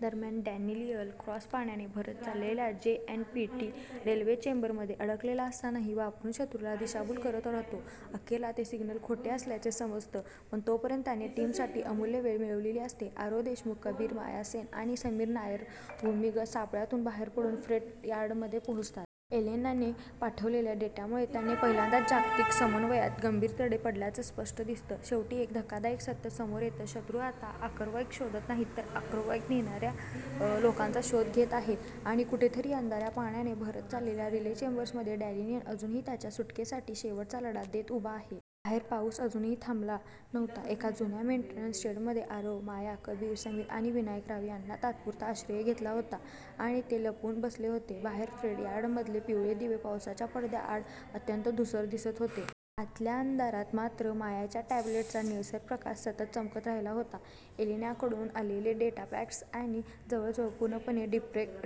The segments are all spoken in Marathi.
दरम्यान डॅनियल क्रॉस पाण्याने भरत चाललेल्या जेएनपीटी रिले चेंबरमध्ये अडकलेला असतानाही वापरून शत्रूला दिशाभूल करत राहतो. अखेरला ते सिग्नल खोटे असल्याचं समजतं, पण तोपर्यंत त्याने टीमसाठी अमूल्य वेळ मिळवलेली असते. आरव देशमुख, कबीर, माया सेन आणि समीर नायर भूमिगत सापळ्यातून बाहेर पडून फ्रेट यार्डमध्ये पोहोचतात. एलेनाने पाठवलेल्या डेटामुळे त्यांना पहिल्यांदाच जागतिक समन्वयात गंभीर तडे पडल्याचं स्पष्ट दिसतं. शेवटी एक धक्कादायक सत्य समोर येतं. शत्रू आता आर्काइव्ह शोधत नाही, तर आर्काइव्ह नेणाऱ्या लोकांचा शोध घेत आहे आणि कुठेतरी अंधाऱ्या, पाण्याने भरत चाललेल्या रिले चेंबरमध्ये डॅनियल अजूनही त्यांच्या सुटकेसाठी शेवटचा लढा देत उभा आहे. बाहेर पाऊस अजूनही थांबला नव्हता. एका जुन्या मेंटेनन्स शेडमध्ये आरव, माया, कबीर, समीर आणि विनायकराव यांनी तात्पुरता आश्रय घेतला होता आणि ते तिथे लपून बसले होते. बाहेर फ्रेट यार्डमधले पिवळे दिवे पावसाच्या पडद्याआड अत्यंत धूसर दिसत होते. आतल्या अंधारात मात्र मायाच्या टॅब्लेटचा निळसर प्रकाश सतत चमकत राहिला होता. एलेनाकडून आलेले डेटा पॅकेट्स आता जवळजवळ पूर्णपणे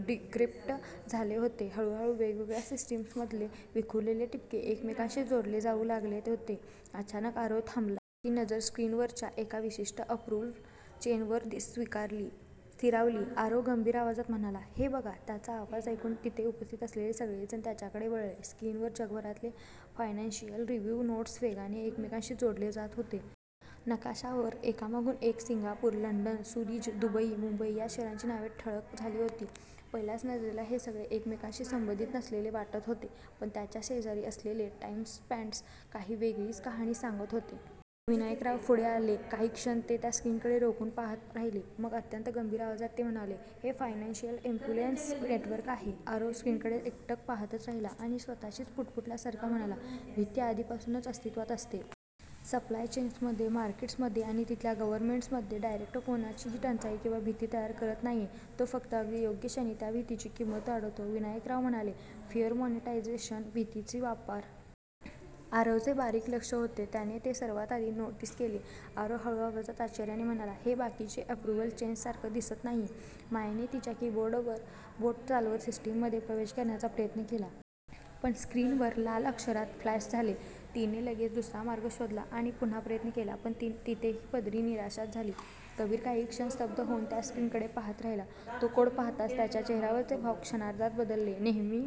डिक्रिप्ट झाले होते. हळूहळू वेगवेगळ्या सिस्टीम्समधले विखुरलेले ठिपके एकमेकांशी जोडले जाऊ लागले होते. अचानक आरव थांबला. त्याची नजर स्क्रीनवरच्या एका विशिष्ट अप्रूव्हल चेनवर स्थिरावली. आरव गंभीर आवाजात म्हणाला, "हे बघा. " त्याचा आवाज ऐकून तिथे उपस्थित असलेले सगळे जण त्याच्याकडे वळले. स्क्रीनवर जगभरातले फायनान्शियल रिव्ह्यू नोड्स वेगाने एकमेकांशी जोडले जात होते. नकाशावर एकामागून एक Singapore, London, Zurich, Dubai, Mumbai या शहरांची नावे ठळक झाली होती. पहिल्या नजरेला हे सगळे एकमेकांशी संबंधित नसलेले वाटत होते, पण त्यांच्या शेजारी असलेले टाईमस्टॅम्प्स काही वेगळीच कहाणी सांगत होते. विनायकराव पुढे आले. काही क्षण ते त्या स्क्रीनकडे रोखून पाहत राहिले. मग अत्यंत गंभीर आवाजात ते म्हणाले, "हे फायनान्शियल इन्फ्लुएन्स नेटवर्क आहे. " आरव स्क्रीनकडे एकटक पाहतच राहिला आणि स्वतःशीच पुटपुटल्यासारखा म्हणाला, "भीती आधीपासूनच अस्तित्वात असते. सप्लाय चेन्स मध्ये, मार्केट्स मध्ये आणि तिथल्या गव्हर्नमेंट्स मध्ये. " "डायरेक्टर कोणतीही टंचाई किंवा भीती तयार करत नाहीये. तो फक्त अगदी योग्य क्षणी, त्या भीतीची किंमत वाढवतो. " विनायकराव म्हणाले, "फिअर मॉनिटायझेशन भीतीचा व्यापार! " आरवचे बारीक लक्ष होते, त्याने ते सर्वात आधी नोटीस केले. आरव हळू आवाजात, आश्चर्याने म्हणाला, "हे बाकीच्या अप्रूव्हल चेन्स सारखं दिसत नाहीये. " मायाने तिच्या कीबोर्डवर बोटे चालवत सिस्टीममध्ये प्रवेश करण्याचा प्रयत्न केला. पण स्क्रीनवर लाल अक्षरात फ्लॅश झाले. तीने लगेच दुसरा मार्ग शोधला आणि पुन्हा प्रयत्न केला, पण तिथेही पदरी निराशाच आली. कबीर काही क्षण स्तब्ध होऊन त्या स्क्रीनकडे पाहत राहिला. तो कोड पाहताच त्याच्या चेहऱ्यावरचे भाव क्षणार्धात बदलले. नेहमी